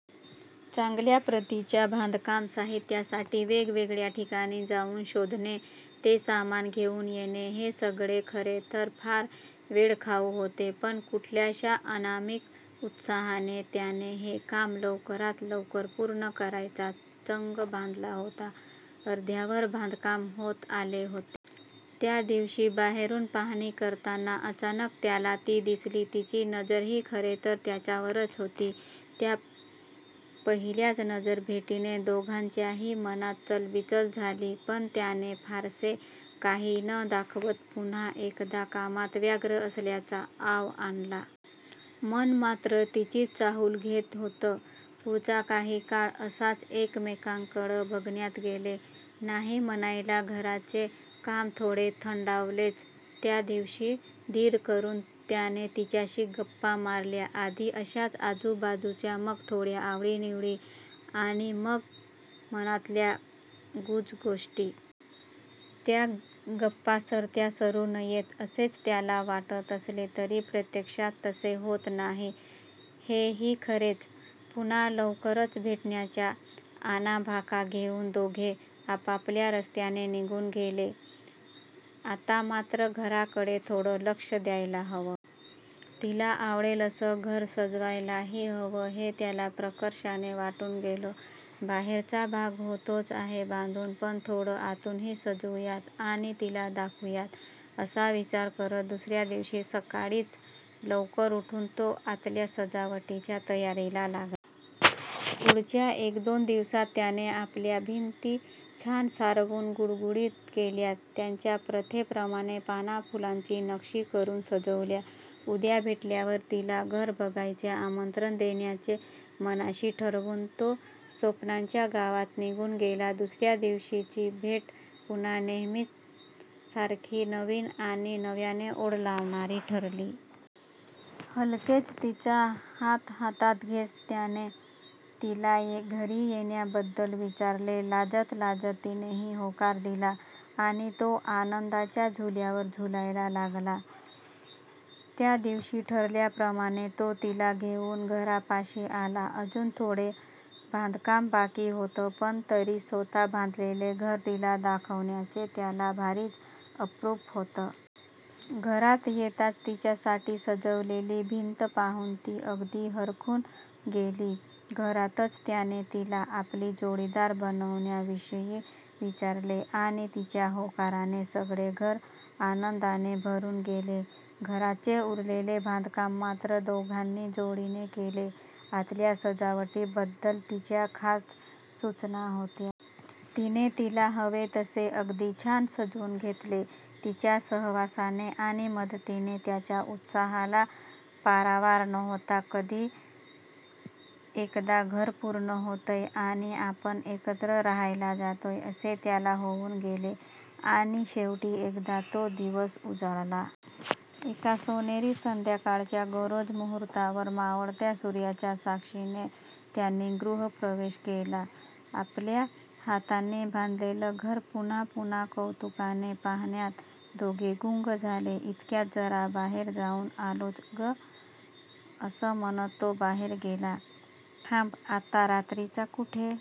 चांगल्या प्रतीच्या बांधकाम साहित्यासाठी वेगवेगळ्या ठिकाणी जाऊन शोधणे. ते सामान घेऊन येणे हे सगळे खरेतर फार वेळखाऊ होते. पण कुठल्याशा अनामिक उत्साहाने त्याने हे काम लवकरात लवकर पूर्ण करायचा चंग बांधला होता. अर्ध्यावर बांधकाम होत आले होते. त्यादिवशी बाहेरून पाहाणी करताना अचानक त्याला ती दिसली. तिची नजरही खरेतर त्याच्यावरच होती. त्या पहिल्याच नजर भेटीने दोघांच्याही मनात चलबिचल झाली. पण त्याने फारसे काही न दाखवता पुन्हा एकदा कामात व्यग्र असल्याचा आव आणला. मन मात्र तिचीच चाहूल घेत होतं. पुढचा काही काळ असाच एकमेकांकडे बघण्यात गेले. नाही म्हणायला घराचे काम थोडे थंडावलेच. त्यादिवशी धीर करून त्याने तिच्याशी गप्पा मारल्या. आधी अशाच आजूबाजूच्या, मग थोड्या आवडी निवडी आणि मग मनातल्या गुजगोष्टी. त्या गप्पा सरत्या सरू नयेत असेच त्याला वाटत असले तरी प्रत्यक्षात तसे होत नाही हे ही खरेच. पुन्हा लवकरच भेटण्याच्या आणाभाका घेऊन दोघे आपापल्या रस्त्याने निघून गेले. आता मात्र घराकडे थोडं लक्ष द्यायला हवं. तीला आवडेल असं घर सजवायलाही हवं हे त्याला प्रकर्षाने वाटून गेलं. 'बाहेरचा भाग होतोच आहे बांधून, पण थोडं आतूनही सजवूयात आणि तीला दाखवूयात' असा विचार करत दुसऱ्यादिवशी सक्काळीच लवकर उठून तो आतल्या सजावटीच्या तयारीला लागला. पुढच्या एकदोन दिवसात त्याने आतल्या भिंती छान सारवून गुळगुळीत केल्या. त्यांच्या प्रथेप्रमाणे पानाफुलांची नक्षी करून सजवल्या. उद्या भेटल्यावर तीला घर बघायचे आमंत्रण देण्याचे मनाशी ठरवून तो स्वप्नांच्या गावात निघून गेला. दुसऱ्या दिवशीची भेट पुन्हा नेहेमीच सारखी नवीन आणि नव्याने ओढ लावणारी ठरली. हलकेच तीचा हात हातात घेत त्याने तीला घरी येण्याबद्दल विचारलं. लाजत लाजत तिनेही होकार दिला आणि तो आनंदाच्या झुल्यावर झुलायला लागला. त्यादिवशी ठरल्याप्रमाणे तो तीला घेऊन घरापाशी आला. अजून थोडं बांधकाम बाकी होतं पण तरी स्वतः बांधलेले घर तीला दाखवण्याचे त्याला भारीच अप्रूप होतं. घरात येताच तिच्यासाठी सजवलेली भिंत पाहून ती अगदी हरखून गेली. घरातच त्याने तीला आपली जोडीदार बनण्याविषयी विचारले आणि तीच्या होकाराने सगळे घर आनंदाने भरून गेले. घराचे उरलेले बांधकाम मात्र दोघांनी जोडीने केले. आतल्या सजावटी बद्दल तिच्या खास सुचना होत्या. तीने तीला हवे तसे अगदी छान सजवून घेतले. तीच्या सहवासाने आणि मदतीने त्याच्या उत्साहाला पारावार नव्हता. कधी एकदा घर पूर्ण होतंय आणि आपण एकत्र राहायला जातोय असे त्याला होऊन गेले. आणि शेवटी एकदा तो दिवस उजाडला. एका सोनेरी संध्याकाळच्या गोरज मुहुर्तावर मावळत्या सूर्याच्या साक्षीने त्यांनी गृहप्रवेश केला. आपल्या हातांनी बांधलेलं घर पुन्हा पुन्हा कौतुकाने पहाण्यात दोघे गुंग झाले. इतक्यात 'जरा बाहेर जाऊन आलोच गं' असं म्हणत तो बाहेर गेला. 'थांब आता रात्रीचा कुठे?